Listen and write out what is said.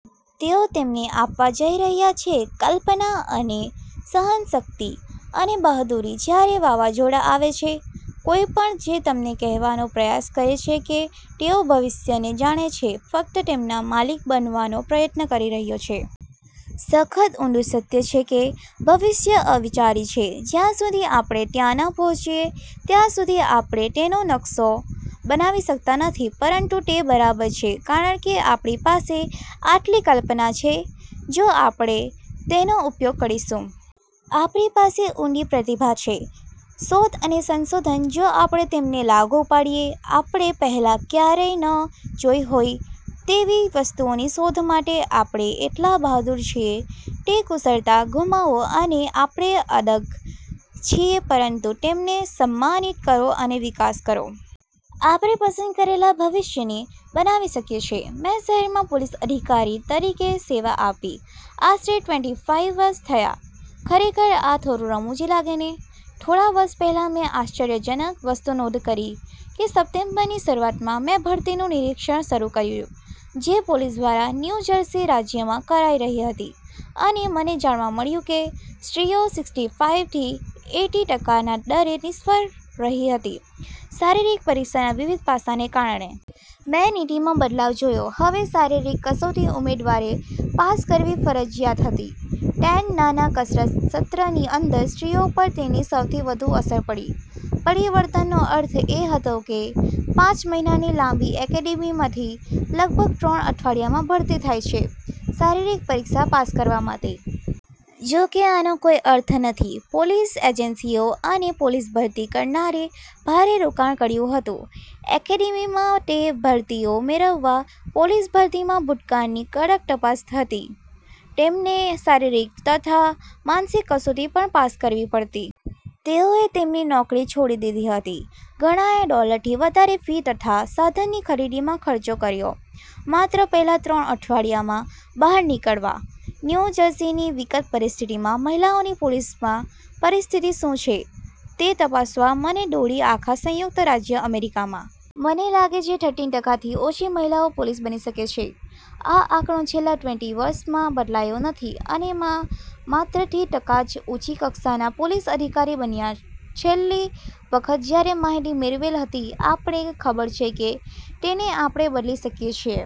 તેઓ તેમને આપવા જઈ રહ્યા છે કલ્પના અને સહનશક્તિ અને બહાદુરી જ્યારે વાવાઝોડા આવે છે. કોઈપણ જે તમને કહેવાનો પ્રયાસ કરે છે કે તેઓ ભવિષ્યને જાણે છે ફક્ત તેમના માલિક બનવાનો પ્રયત્ન કરી રહ્યો છે. સખત ઊંડૂ સત્ય છે કે ભવિષ્ય અવિચારી છે. જ્યાં સુધી આપણે ત્યાં ન પહોંચીએ, ત્યાં સુધી આપણે તેનો નકશો બનાવી શકતા નથી. પરંતુ તે બરાબર છે કારણ કે આપણી પાસે આટલી કલ્પના છે જો આપણે તેનો ઉપયોગ કરીશું. આપણી પાસે ઉંડી પ્રતિભા છે શોધ અને સંશોધન જો આપણે તેમને લાગુ પાડીએ. આપણે પહેલાં ક્યારેય ન જોઈ હોય તેવી વસ્તુઓની શોધ માટે આપણે એટલા બહાદુર છીએ. તે કુશળતા ગુમાવો અને આપણે અડગ છીએ પરંતુ તેમને સન્માનિત કરો અને વિકાસ કરો. આપણે પસંદ કરેલા ભવિષ્યને બનાવી શકીએ છીએ. મેં શહેરમાં પોલીસ અધિકારી તરીકે સેવા આપી આશરે ટ્વેન્ટી ફાઈવ વર્ષ થયા. ખરેખર આ થોડું રમુજી લાગે ને? થોડા વર્ષ પેહલા મેં આશ્ચર્યજનક વસ્તુ નોંધ કરી કે સપ્ટેમ્બરની શરૂઆતમાં મેં ભરતીનું નિરીક્ષણ શરુ કર્યું જે પોલીસ દ્વારા ન્યૂ જર્સી રાજ્યમાં કરાઈ રહી હતી અને મને જાણવા મળ્યું કે સ્ત્રીઓ સિક્સટી ફાઈવ થી એઈટી ટકાના દરે નિષ્ફળ રહી હતી શારીરિક પરીક્ષાના વિવિધ પાસા ને કારણે. મેં નીતિમાં બદલાવ જોયો. હવે શારીરિક કસોટી ઉમેદવારે પાસ કરવી ફરજીયાત હતી ટેન નાના કસરત સત્રની અંદર. સ્ત્રીઓ પર તેની સૌથી વધુ અસર પડી. પરિવર્તનનો અર્થ એ હતો કે પાંચ મહિનાની લાંબી એકેડેમીમાંથી લગભગ ત્રણ અઠવાડિયામાં ભરતી થાય છે શારીરિક પરીક્ષા પાસ કરવા માટે. જોકે આનો કોઈ અર્થ નથી. પોલીસ એજન્સીઓ અને પોલીસ ભરતી કરનારે ભારે રોકાણ કર્યું હતું એકેડેમીમાં તે ભરતીઓ મેળવવા. પોલીસ ભરતીમાં ભૂતકાળની કડક તાપસ થતી, તેમને શારીરિક તથા માનસિક કસોટી પણ પાસ કરવી પડતી. તેઓએ તેમની નોકરી છોડી દીધી હતી. ઘણાએ ડોલરથી વધારે ફી તથા સાધનની ખરીદીમાં ખર્ચો કર્યો. માત્ર પહેલા ત્રણ અઠવાડિયામાં બહાર નીકળવા? ન્યુ જર્સીની વિકટ પરિસ્થિતિમાં મહિલાઓની પોલીસમાં પરિસ્થિતિ શું છે તે તપાસવા મને દોરી આખા સંયુક્ત રાજ્ય અમેરિકામાં. મને લાગે છે થર્ટીન ટકાથી ઓછી મહિલાઓ પોલીસ બની શકે છે. આ આંકડો છેલ્લા ટ્વેન્ટી વર્ષમાં બદલાયો નથી. અને માં માત્ર થ્રી ટકા જ ઊંચી કક્ષાના પોલીસ અધિકારી બન્યા છેલ્લી વખત જયારે માહિતી મેળવેલ હતી. આપણે ખબર છે કે તેને આપણે બદલી શકીયે છીએ.